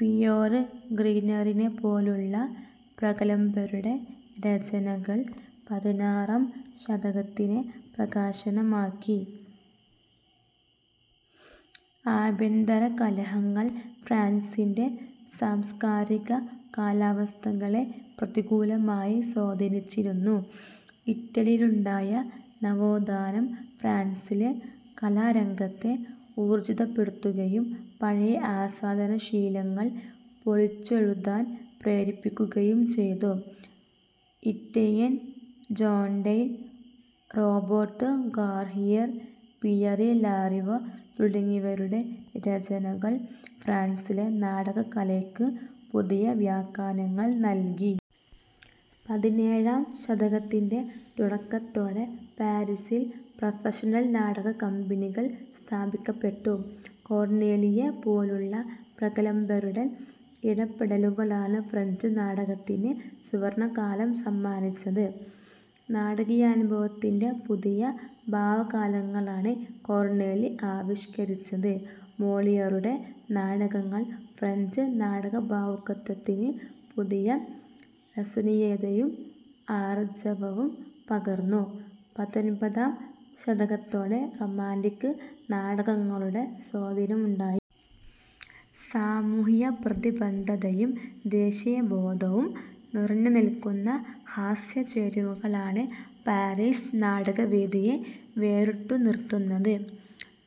Pierre ഗ്രിഞ്ഞോറിനെപ്പോലുള്ള പ്രഗല്ഭരുടെ രചനകൾ പതിനാറാം ശതകത്തിനെ പ്രകാശമാനമാക്കി. ആഭ്യന്തരകലഹങ്ങൾ ഫ്രാൻസിന്റെ സാംസ്കാരിക കാലാവസ്ഥകളെ പ്രതികൂലമായി സ്വാധീനിച്ചിരുന്നു. ഇറ്റലിയിലുണ്ടായ നവോത്ഥാനം ഫ്രാൻസിലെ കലാരംഗത്തെ ഊർജ്ജിതപ്പെടുത്തുകയും പഴയ ആസ്വാദനശീലങ്ങൾ പൊളിച്ചെഴുതാൻ പ്രേരിപ്പിക്കുകയും ചെയ്തു. Etienne Jodelle, Robert Garnier, Pierre Larivey തുടങ്ങിയവരുടെ രചനകൾ ഫ്രാൻസിലെ നാടകകലയ്ക്ക് പുതിയ വ്യാഖ്യാനങ്ങൾ നല്കി. പതിനേഴാം ശതകത്തിന്റെ തുടക്കത്തോടെ പാരിസിൽ പ്രൊഫഷണൽ നാടകക്കമ്പനികൾ സ്ഥാപിക്കപ്പെട്ടു. കോർണേലിയെ പോലുള്ള പ്രഗല്ഭരുടെ ഇടപെടലുകളാണ് ഫ്രഞ്ച് നാടകത്തിന് സുവർണകാലം സമ്മാനിച്ചത്. നാടകീയാനുഭവത്തിന്റെ പുതിയ ഭാവകാലങ്ങളാണ് കോർണേലി ആവിഷ്കരിച്ചത്. മോളിയറുടെ നാടകങ്ങൾ ഫ്രഞ്ച് നാടകഭാവുകത്വത്തിന് പുതിയ രസനീയതയും ആർജവവും പകർന്നു. പത്തൊനപതാം ശതകത്തോടെ റൊമാന്റിക് നാടകങ്ങളുടെ സ്വാധീനമുണ്ടായി. സാമൂഹ്യപ്രതിബദ്ധതയും ദേശീയബോധവും നിറഞ്ഞുനില്ക്കുന്ന ഹാസ്യചേരുവകളാണ് പാരിസ് നാടകവേദിയെ വേറിട്ടുനിർത്തുന്നത്.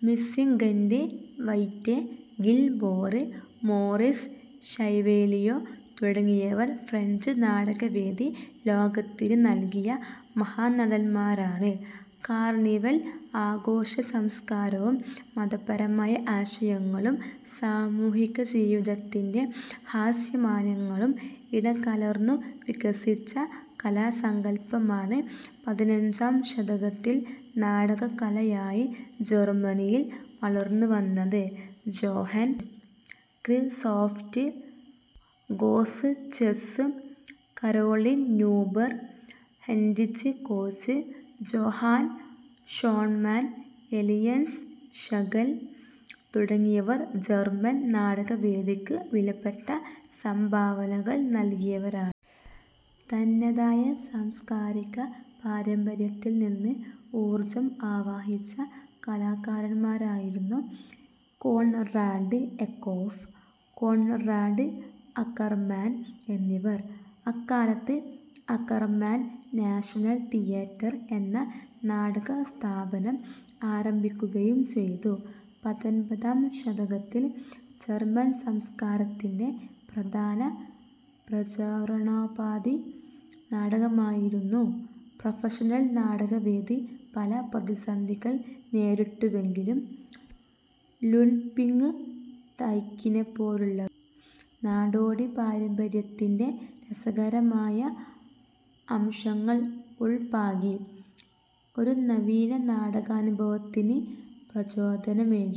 Mistinguett Yvette Guilbert, Maurice Chevalier തുടങ്ങിയവർ ഫ്രഞ്ച് നാടകവേദി ലോകത്തിന് നല്കിയ മഹാനടന്മാരാണ്. കാർണിവൽ ആഘോഷസംസ്കാരവും മതപരമായ ആശയങ്ങളും സാമൂഹികജീവിതത്തിന്റെ ഹാസ്യമാനങ്ങളും ഇടകലർന്നു വികസിച്ച കലാസങ്കല്പമാണ് പതിനഞ്ചാം ശതകത്തിൽ നാടകകലയായി ജർമനിയിൽ വളർന്നുവന്നത്. ജോഹൻ ക്രിസ്റ്റോഫ് ഗോസ്സ്ചെസ്, Caroline Neuber, Heinrich Koch, Johann Schonemann, Elias Schlegel തുടങ്ങിയവർ ജർമൻ നാടകവേദിക്ക് വിലപ്പെട്ട സംഭാവനകൾ നല്കിയവരാണ്. തനതായ സാംസ്കാരിക പാരമ്പര്യത്തിൽനിന്ന് ഊർജ്ജം ആവാഹിച്ച കലാകാരന്മാരായിരുന്നു കോൺറാഡ് എക്കോഫ്, കോൺറാഡ് അക്കർമാൻ എന്നിവർ. അക്കാലത്ത് അക്കർമാൻ 'നാഷണൽ തിയേറ്റർ' എന്ന നാടകസ്ഥാപനം ആരംഭിക്കുകയും ചെയ്തു. പത്തൊൻപതാം ശതകത്തിൽ ജർമൻ സംസ്കാരത്തിന്റെ പ്രധാന പ്രചരണോപാധി നാടകമായിരുന്നു. പ്രൊഫഷണൽ നാടകവേദി പല പ്രതിസന്ധികൾ നേരിട്ടുവെങ്കിലും ലുഡ്പിങ് ടൈക്കിനെപ്പോലുള്ളവർ നാടോടി പാരമ്പര്യത്തിന്റെ രസകരമായ അംശങ്ങൾ ഉൾപാകി, ഒരു നവീന നാടകാനുഭവത്തിന് പ്രചോദനമേകി.